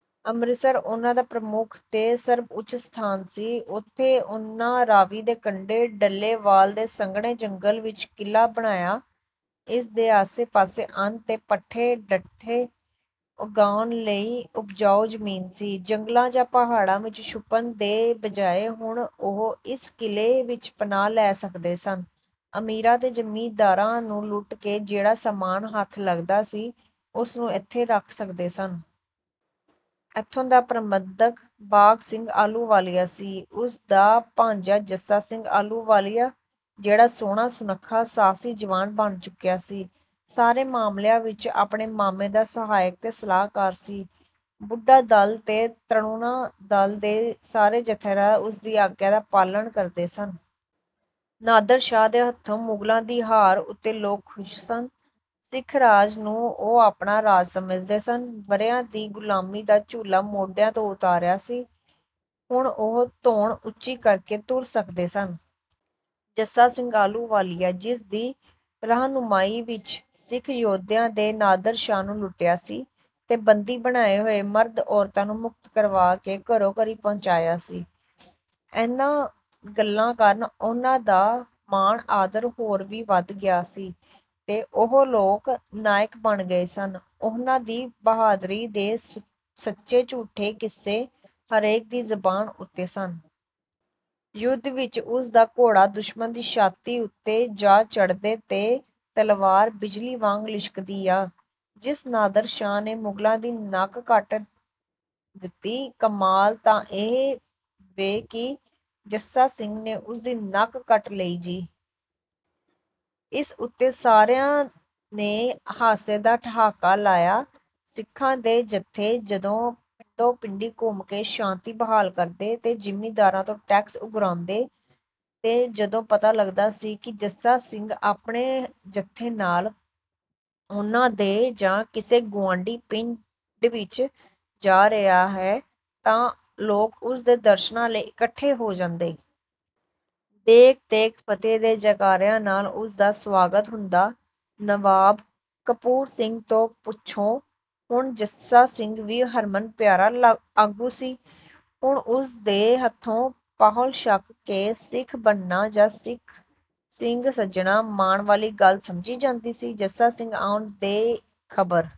ਅੰਮ੍ਰਿਤਸਰ ਉਹਨਾਂ ਦਾ ਪ੍ਰਮੁੱਖ ਤੇ ਸਰਬਉੱਚ ਸਥਾਨ ਸੀ। ਉੱਥੇ ਉਹਨਾਂ ਰਾਵੀ ਦੇ ਕੰਢੇ ਡੱਲੇਵਾਲ ਦੇ ਸੰਘਣੇ ਜੰਗਲ ਵਿੱਚ ਕਿਲਾ ਬਣਾਇਆ, ਇਸ ਦੇ ਆਸੇ-ਪਾਸੇ ਅੰਨ ਤੇ ਪੱਠੇ-ਦੱਥੇ ਉਗਾਉਣ ਲਈ ਉਪਜਾਊ ਜ਼ਮੀਨ ਸੀ। ਜੰਗਲਾਂ ਜਾਂ ਪਹਾੜਾਂ ਵਿੱਚ ਛੁਪਣ ਦੇ ਬਜਾਏ ਹੁਣ ਉਹ ਇਸ ਕਿਲੇ ਵਿੱਚ ਪਨਾਹ ਲੈ ਸਕਦੇ ਸਨ, ਅਮੀਰਾਂ ਤੇ ਜ਼ਿਮੀਂਦਾਰਾਂ ਨੂੰ ਲੁੱਟ ਕੇ ਜਿਹੜਾ ਸਾਮਾਨ ਹੱਥ ਲੱਗਦਾ ਸੀ ਉਸਨੂੰ ਇੱਥੇ ਰੱਖ ਸਕਦੇ ਸਨ। ਇੱਥੋਂ ਦਾ ਪ੍ਰਬੰਧਕ ਬਾਘ ਸਿੰਘ ਆਹਲੂਵਾਲੀਆ ਸੀ। ਉਸ ਦਾ ਭਾਣਜਾ ਜੱਸਾ ਸਿੰਘ ਆਹਲੂਵਾਲੀਆ ਜਿਹੜਾ ਸੋਹਣਾ-ਸੁਣੱਖਾ, ਸਾਹਸੀ ਜਵਾਨ ਬਣ ਚੁੱਕਿਆ ਸੀ ਸਾਰੇ ਮਾਮਲਿਆਂ ਵਿੱਚ ਆਪਣੇ ਮਾਮੇ ਦਾ ਸਹਾਇਕ ਤੇ ਸਲਾਹਕਾਰ ਸੀ। ਬੁੱਢਾ-ਦਲ ਤੇ ਤਰੁਣਾ-ਦਲ ਦੇ ਸਾਰੇ ਜੱਥੇਦਾਰ ਉਸਦੀ ਆਗਿਆ ਦਾ ਪਾਲਣ ਕਰਦੇ ਸਨ। ਨਾਦਰ ਸ਼ਾਹ ਦੇ ਹੱਥੋਂ ਮੁਗਲਾਂ ਦੀ ਹਾਰ ਉੱਤੇ ਲੋਕ ਖੁਸ਼ ਸਨ। ਸਿੱਖ ਰਾਜ ਨੂੰ ਉਹ ਆਪਣਾ ਰਾਜ ਸਮਝਦੇ ਸਨ। ਵਰ੍ਹਿਆਂ ਦੀ ਗ਼ੁਲਾਮੀ ਦਾ ਜੂਲਾ ਮੋਢਿਆਂ ਤੋਂ ਉਤਰਿਆ ਸੀ। ਹੁਣ ਉਹ ਧੌਣ ਉੱਚੀ ਕਰਕੇ ਤੁਰ ਸਕਦੇ ਸਨ। ਜੱਸਾ ਸਿੰਘ ਆਹਲੂਵਾਲੀਆ ਜਿਸ ਦੀ ਰਾਹਨੁਮਾਈ ਵਿੱਚ ਸਿੱਖ ਯੋਧਿਆਂ ਨੇ ਨਾਦਰ ਸ਼ਾਹ ਨੂੰ ਲੁੱਟਿਆ ਸੀ ਤੇ ਬੰਦੀ ਬਣਾਏ ਹੋਏ ਮਰਦ-ਔਰਤਾਂ ਨੂੰ ਮੁਕਤ ਕਰਵਾ ਕੇ ਘਰੋ-ਘਰੀ ਪਹੁੰਚਾਇਆ ਸੀ। ਇਹਨਾਂ ਗੱਲਾਂ ਕਾਰਨ ਉਹਨਾਂ ਦਾ ਮਾਣ-ਆਦਰ ਹੋਰ ਵੀ ਵਧ ਗਿਆ ਸੀ ਤੇ ਉਹ ਲੋਕ ਨਾਇਕ ਬਣ ਗਏ ਸਨ, ਉਹਨਾਂ ਦੀ ਬਹਾਦਰੀ ਦੇ ਸੱਚੇ-ਝੂਠੇ ਕਿੱਸੇ ਹਰੇਕ ਦੀ ਜ਼ਬਾਨ ਉੱਤੇ ਸਨ। ਯੁੱਧ ਵਿੱਚ ਉਸ ਦਾ ਘੋੜਾ ਦੁਸ਼ਮਣ ਦੀ ਛਾਤੀ ਉੱਤੇ ਜਾ ਚੜ੍ਹਦੈ ਤੇ ਤਲਵਾਰ ਬਿਜਲੀ ਵਾਂਗ ਲਿਸ਼ਕਦੀ ਆ। ਜਿਸ ਨਾਦਰ ਸ਼ਾਹ ਨੇ ਮੁਗਲਾਂ ਦੀ ਨੱਕ ਕੱਟ ਦਿੱਤੀ, ਕਮਾਲ ਤਾਂ ਇਹ ਵੇ ਕਿ ਜੱਸਾ ਸਿੰਘ ਨੇ ਉਸਦੀ ਨੱਕ ਕੱਟ ਲਈ ਜੀ।" ਇਸ ਉੱਤੇ ਸਾਰਿਆਂ ਨੇ ਹਾਸੇ ਦਾ ਠਹਾਕਾ ਲਾਇਆ। ਸਿੱਖਾਂ ਦੇ ਜੱਥੇ ਜਦੋਂ ਪਿੰਡੋ-ਪਿੰਡੀ ਘੁੰਮ ਕੇ ਸ਼ਾਂਤੀ ਬਹਾਲ ਕਰਦੇ ਤੇ ਜ਼ਿਮੀਂਦਾਰਾਂ ਤੋਂ ਟੈਕਸ ਉਗਰਾਉਂਦੇ ਤੇ ਜਦੋਂ ਪਤਾ ਲੱਗਦਾ ਸੀ ਕਿ ਜੱਸਾ ਸਿੰਘ ਆਪਣੇ ਜੱਥੇ ਨਾਲ ਉਹਨਾਂ ਦੇ ਜਾਂ ਕਿਸੇ ਗੁਆਂਢੀ ਪਿੰਡ ਵਿੱਚ ਜਾ ਰਿਹਾ ਹੈ ਤਾਂ ਲੋਕ ਉਸਦੇ ਦਰਸ਼ਨਾਂ ਲਈ ਇਕੱਠੇ ਹੋ ਜਾਂਦੇ। 'ਦੇਗ ਤੇਗ ਫਤਿਹ' ਦੇ ਜੈਕਾਰਿਆਂ ਨਾਲ ਉਸਦਾ ਸਵਾਗਤ ਹੁੰਦਾ। ਨਵਾਬ ਕਪੂਰ ਸਿੰਘ ਤੋਂ ਪਿੱਛੋਂ ਹੁਣ ਜੱਸਾ ਸਿੰਘ ਹੀ ਹਰਮਨ ਪਿਆਰਾ ਆਗੂ ਸੀ। ਹੁਣ ਉਸਦੇ ਹੱਥੋਂ ਪਾਹੁਲ ਛਕ ਕੇ ਸਿੱਖ ਬਣਨਾ ਜਾਂ ਸਿੰਘ ਸੱਜਣਾ ਮਾਣ ਵਾਲੀ ਗੱਲ ਸਮਝੀ ਜਾਂਦੀ ਸੀ। ਜੱਸਾ ਸਿੰਘ ਦੇ ਆਉਣ ਦੇ ਖਬਰ